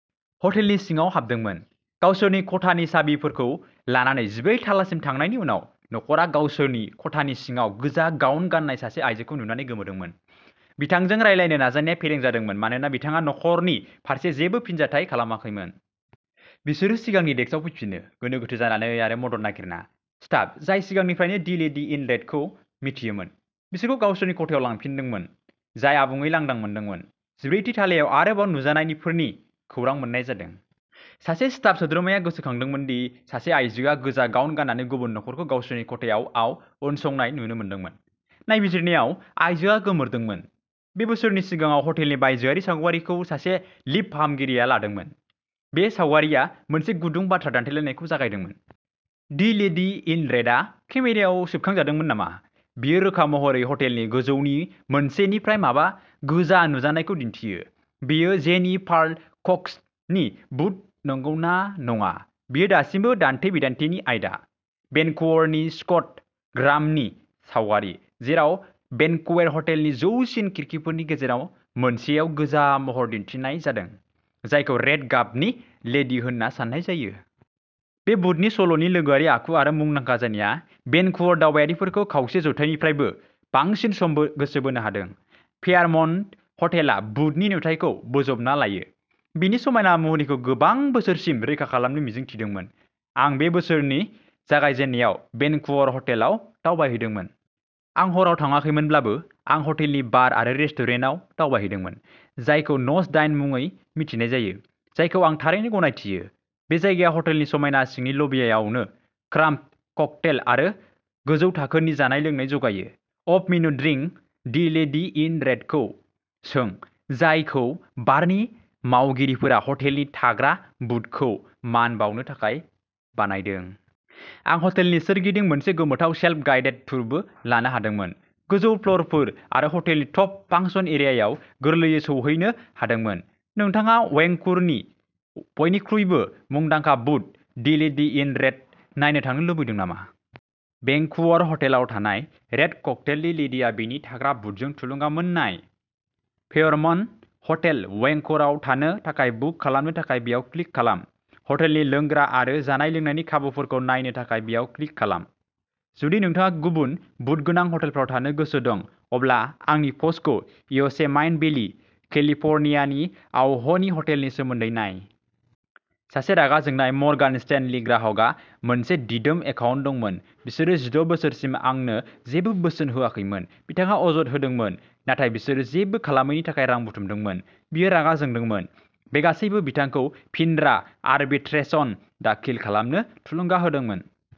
हटेलनि सिङाव हाबदोंमोन। गावसोरनि खथानि साबिफोरखौ लानानै जिब्रै थालासिम थांनायनि उनाव, न'खरआ गावसोरनि खथानि सिङाव गोजा गाउन गान्नाय सासे आयजोखौ नुनानै गोमोदोंमोन। बिथांजों रायज्लायनो नाजानाया फेलें जादोंमोन मानोना बिथाङा न'खरनि फारसे जेबो फिनजाथाय खालामाखैमोन। बिसोरो सिगांनि डेस्कआव फैफिनो, गोनो गोथो जानानै आरो मदद नागिरना। स्टाफ, जाय सिगांनिफ्रायनो दि लेडी इन रेडखौ मिथियोमोन, बिसोरखौ गावसोरनि खथायाव लांफिनदोंमोन, जाय आबुङै लांदां मोनदोंमोन। जिब्रैथि थालायाव आरोबाव नुजानायफोरनि खौरां मोन्नाय जादों। सासे स्टाफ सोद्रोमाया गोसोखांदोंमोन दि सासे आइजोआ गोजा गाउन गान्नानै गुबुन न'खरखौ गावसोरनि खथायाव आव उनसंनाय नुनो मोनदोंमोन। नायबिजिरनायाव, आइजोआ गोमोरदोंमोन। बे बोसोरनि सिगाङाव हटेलनि बायजोआरि सावगारिखौ सासे लिफ्ट फाहामगिरिया लादोंमोन। बे सावगारिया मोनसे गुदुं बाथ्रा दान्थेलायनायखौ जागायदोंमोन। दि लेडी इन रेडआ केमेरायाव सेबखांजादोंमोन नामा? बेयो रोखा महरै हटेलनि गोजौनि मोनसेनिफ्राय माबा गोजा नुजानायखौ दिन्थियो। बेयो जेनि पार्ल कक्सनि भुत नंगौना नङा, बेयो दासिमबो दान्थे-बिदान्थेनि आयदा। भेनकुवरनि स्कट ग्राहामनि सावगारि, जेराव भेनकुवर हटेलनि जौसिन खिरखिफोरनि गेजेराव मोनसेयाव गोजा महर दिन्थिनाय जादों, जायखौ रेड गाबनि लेडि होन्ना सान्नाय जायो। बे भुतनि सल'नि लोगोआरि आखु आरो मुंदांखा जानाया भेनकुवर दावबायारिफोरखौ खावसे जौथाइनिफ्रायबो बांसिन सम गोसो बोनो हादों। फेयारमन्ट हटेलआ भुतनि नुथायखौ बोजबना लायो, बिनि समायना मुहिनिखौ गोबां बोसोरसिम रैखा खालामनो मिजिं थिदोंमोन। आं बे बोसोरनि जागायजेन्नायाव भेनकुवर हटेलाव दावबायहैदोंमोन। आं हराव थाङाखैमोनब्लाबो, आं हटेलनि बार आरो रेस्टुरेन्टाव दावबायहैदोंमोन, जायखौ नच दाइन मुङै मिथिनाय जायो, जायखौ आं थारैनो गनायथियो। बे जायगाया हटेलनि समायना सिंनि लबियावनो क्राफ्ट ककटेल आरो गोजौ थाखोनि जानाय-लोंनाय जगायो। Off menu drink the lady in रेड'खौ सों, जायखौ बारनि मावगिरिफोरा हटेलनि थाग्रा भुतखौ मान बावनो थाखाय बानायदों। आं हटेलनि सोरगिदिं मोनसे गोमोथाव सेल्फ गाइडेड टुरबो लानो हादोंमोन, गोजौ फ्ल'रफोर आरो हटेलनि टप फांसन एरियायाव गोरलैयै सौहैनो हादोंमोन। नोंथाङा वैंकूवरनि बयनिख्रुइबो मुंदांखा भुत, दि लेडी इन रेड नायनो थांनो लुबैदों नामा? भेंकूवर हटेलाव थानाय रेड ककटेलनि लेडिआ बेनि थाग्रा भुतजों थुलुंगा मोननाय। फेयरमन्ट हटेल वैंकूवराव थानो थाखाय बुक खालामनो थाखाय बेयाव क्लिक खालाम। हटेलनि लोंग्रा आरो जानाय-लोंनायनि खाबुफोरखौ नायनो थाखाय बेयाव क्लिक खालाम। जुदि नोंथाङा गुबुन भुतगोनां हटेलफोराव थांनो गोसो दं, अब्ला आंनि प'स्टखौ य'सेमाइट भेलि, केलिफ'र्नियानि आवहनी हटेलनि सोमोन्दै नाय। सासे रागा जोंनाय मर्गान स्टेनली ग्राहकहा मोनसे दिदोम एकाउन्ट दंमोन। बिसोरो जिद' बोसोरसिम आंनो जेबो बोसोन होआखैमोन, बिथाङा अजद होदोंमोन। नाथाय बिसोरो जेबो खालामैनि थाखाय रां बुथुमदोंमोन, बियो रागा जोंदोंमोन। बे गासैबो बिथांखौ फिनरा आरबिट्रेशन दाखिल खालामनो थुलुंगा होदोंमोन।